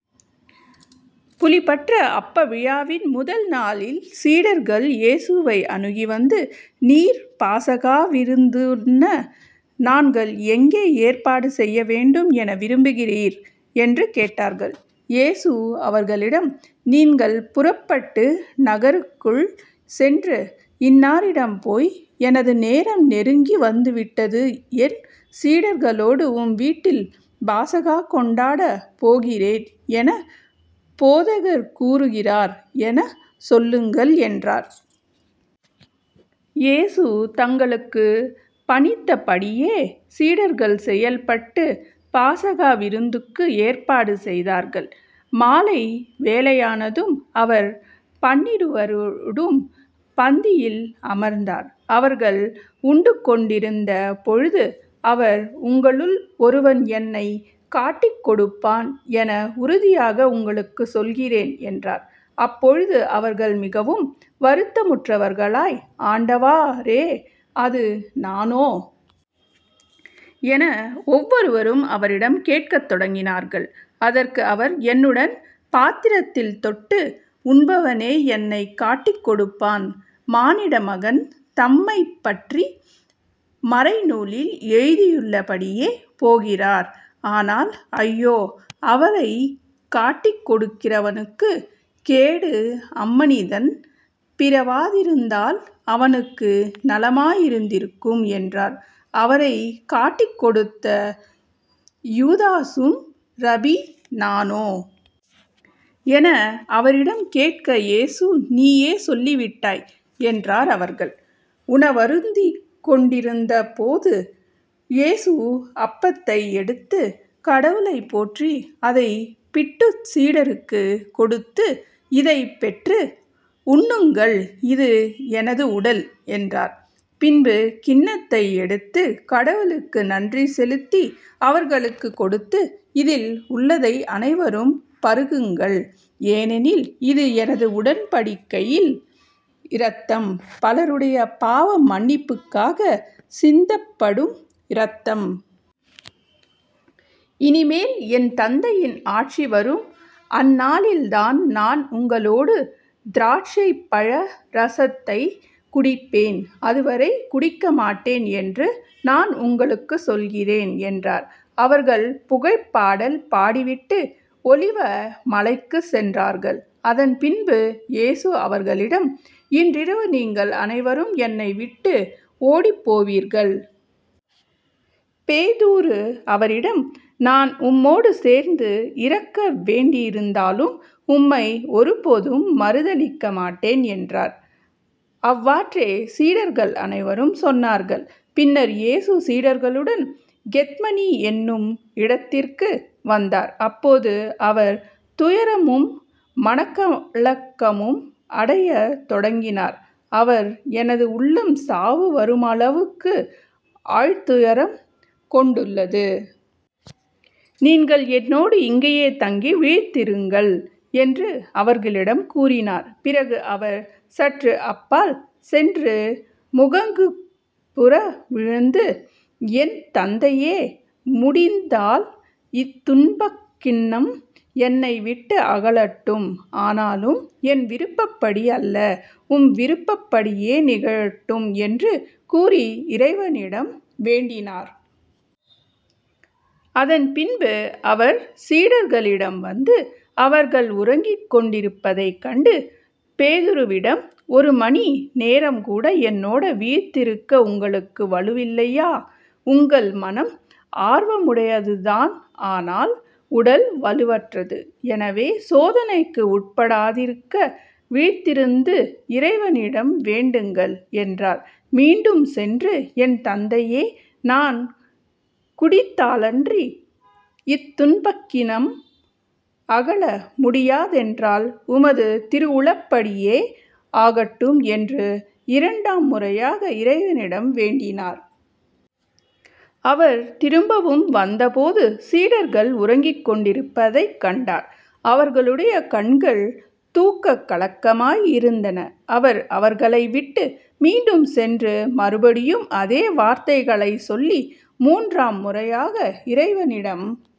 புளிப்பற்ற அப்ப விழாவின் முதல் நாளில் சீடர்கள் இயேசுவை அணுகி வந்து,"நீர் பாஸகா விருந்துண்ண நாங்கள் எங்கே ஏற்பாடு செய்ய வேண்டும் என விரும்புகிறீர்? " என்று கேட்டார்கள். இயேசு அவர்களிடம்,"நீங்கள் புறப்பட்டு நகருக்குள் சென்று இன்னாரிடம் போய்,"எனது நேரம் நெருங்கி வந்து விட்டது என் சீடர்களோடு உம் வீட்டில் பாஸகா கொண்டாடப் போகிறேன்" எனப் போதகர் கூறுகிறார் எனச் சொல்லுங்கள்" என்றார். இயேசு தங்களுக்குப் பணித்த படியே சீடர்கள் செயல்பட்டுப் பாஸகா விருந்துக்கு ஏற்பாடு செய்தார்கள். மாலை வேளையானதும் அவர் பன்னிருவரோடும் பந்தியில் அமர்ந்தார். அவர்கள் உண்டுகொண்டிருந்த பொழுது அவர்,"உங்களுள் ஒருவன் என்னைக் காட்டிக்கொடுப்பான் என உறுதியாக உங்களுக்குச் சொல்கிறேன்" என்றார். அப்பொழுது அவர்கள் மிகவும் வருத்தமுற்றவர்களாய்,"ஆண்டவரே, அது நானோ? " என ஒவ்வொருவரும் அவரிடம் கேட்கத் தொடங்கினார்கள். அதற்கு அவர்,"என்னுடன் பாத்திரத்தில் தொட்டு உண்பவனே என்னைக் காட்டிக் கொடுப்பான். மானிட மகன், தம்மைப் பற்றி மறைநூலில் எழுதியுள்ளபடியே போகிறார். ஆனால், ஐயோ. அவரைக் காட்டிக் கொடுக்கிறவனுக்குக் கேடு அம்மனிதன் பிறவாதிருந்தால் அவனுக்கு நலமாயிருந்திருக்கும்" என்றார். அவரைக் காட்டிக் கொடுத்த யூதாசும்"ரபி, நானோ? " என அவரிடம் கேட்க இயேசு,"நீயே சொல்லிவிட்டாய்" என்றார். அவர்கள் உணவருந்திக்கொண்டிருந்த போது, இயேசு அப்பத்தை எடுத்துக் கடவுளைப் போற்றி, அதைப் பிட்டுச் சீடருக்குக் கொடுத்து,"இதைப் பெற்று உண்ணுங்கள் இது எனது உடல்" என்றார். பின்பு கிண்ணத்தை எடுத்துக் கடவுளுக்கு நன்றி செலுத்தி அவர்களுக்குக் கொடுத்து,"இதில் உள்ளதை அனைவரும் பருகுங்கள் ஏனெனில் இது எனது உடன்படிக்கையின் இரத்தம் பலருடைய பாவ மன்னிப்புக்காகச் சிந்தப்படும் இரத்தம். இனிமேல் என் தந்தையின் ஆட்சி வரும் அந்நாளில்தான் நான் உங்களோடு திராட்சைப் பழ இரசத்தைக் குடிப்பேன் அதுவரை குடிக்கமாட்டேன் என்று நான் உங்களுக்குச் சொல்கிறேன்" என்றார். அவர்கள் புகழ்ப் பாடல் பாடிவிட்டு ஒலிவ மலைக்குச் சென்றார்கள். அதன்பின்பு இயேசு அவர்களிடம்,"இன்றிரவு நீங்கள் அனைவரும் என்னை விட்டு ஓடிப்போவீர்கள். பேதுரு அவரிடம்,"நான் உம்மோடு சேர்ந்து இறக்க வேண்டியிருந்தாலும் உம்மை ஒருபோதும் மறுதலிக்க மாட்டேன்" என்றார். அவ்வாறே சீடர்கள் அனைவரும் சொன்னார்கள். பின்னர் இயேசு சீடர்களுடன் கெத்மனி என்னும் இடத்திற்கு வந்தார். அப்போது அவர் துயரமும் மனக்கலக்கமும் அடையத் தொடங்கினார். அவர்,"எனது உள்ளம் சாவு வருமளவுக்கு ஆழ்துயரம் கொண்டுள்ளது. நீங்கள் என்னோடு இங்கேயே தங்கி விழித்திருங்கள்" என்று அவர்களிடம் கூறினார். பிறகு அவர் சற்று அப்பால் சென்று முகங்குப்புற விழுந்து," என் தந்தையே, முடிந்தால் இத்துன்பக் கிண்ணம் என்னை விட்டு அகலட்டும். ஆனாலும் என் விருப்பப்படி அல்ல, உம் விருப்பப் படியே நிகழட்டும்"என்று கூறி இறைவனிடம் வேண்டினார். அதன் பின்பு அவர் சீடர்களிடம் வந்து அவர்கள் உறங்கிக் கொண்டிருப்பதைக் கண்டு பேதுருவிடம்,"ஒரு மணி நேரம்கூட என்னோட விழித்திருக்க உங்களுக்கு வலுவில்லையா? உங்கள் மனம் ஆர்வமுடையதுதான் ஆனால் உடல் வலுவற்றது. எனவே சோதனைக்கு உட்படாதிருக்க விழித்திருந்து இறைவனிடம் வேண்டுங்கள்" என்றார். மீண்டும் சென்று,"என் தந்தையே, நான் குடித்தாலன்றி இத்துன்பக்கிண்ணம் அகல முடியாதென்றால், உமது திருவுளப்படியே ஆகட்டும்" என்று இரண்டாம் முறையாக இறைவனிடம் வேண்டினார். அவர் திரும்பவும் வந்தபோது சீடர்கள் உறங்கிக்கொண்டிருப்பதைக் கண்டார். அவர்களுடைய கண்கள் தூக்கக் கலக்கமாய் இருந்தன. அவர் அவர்களை விட்டு மீண்டும் சென்று மறுபடியும் அதே வார்த்தைகளைச் சொல்லி முன்றாம் முறையாக இறைவனிடம்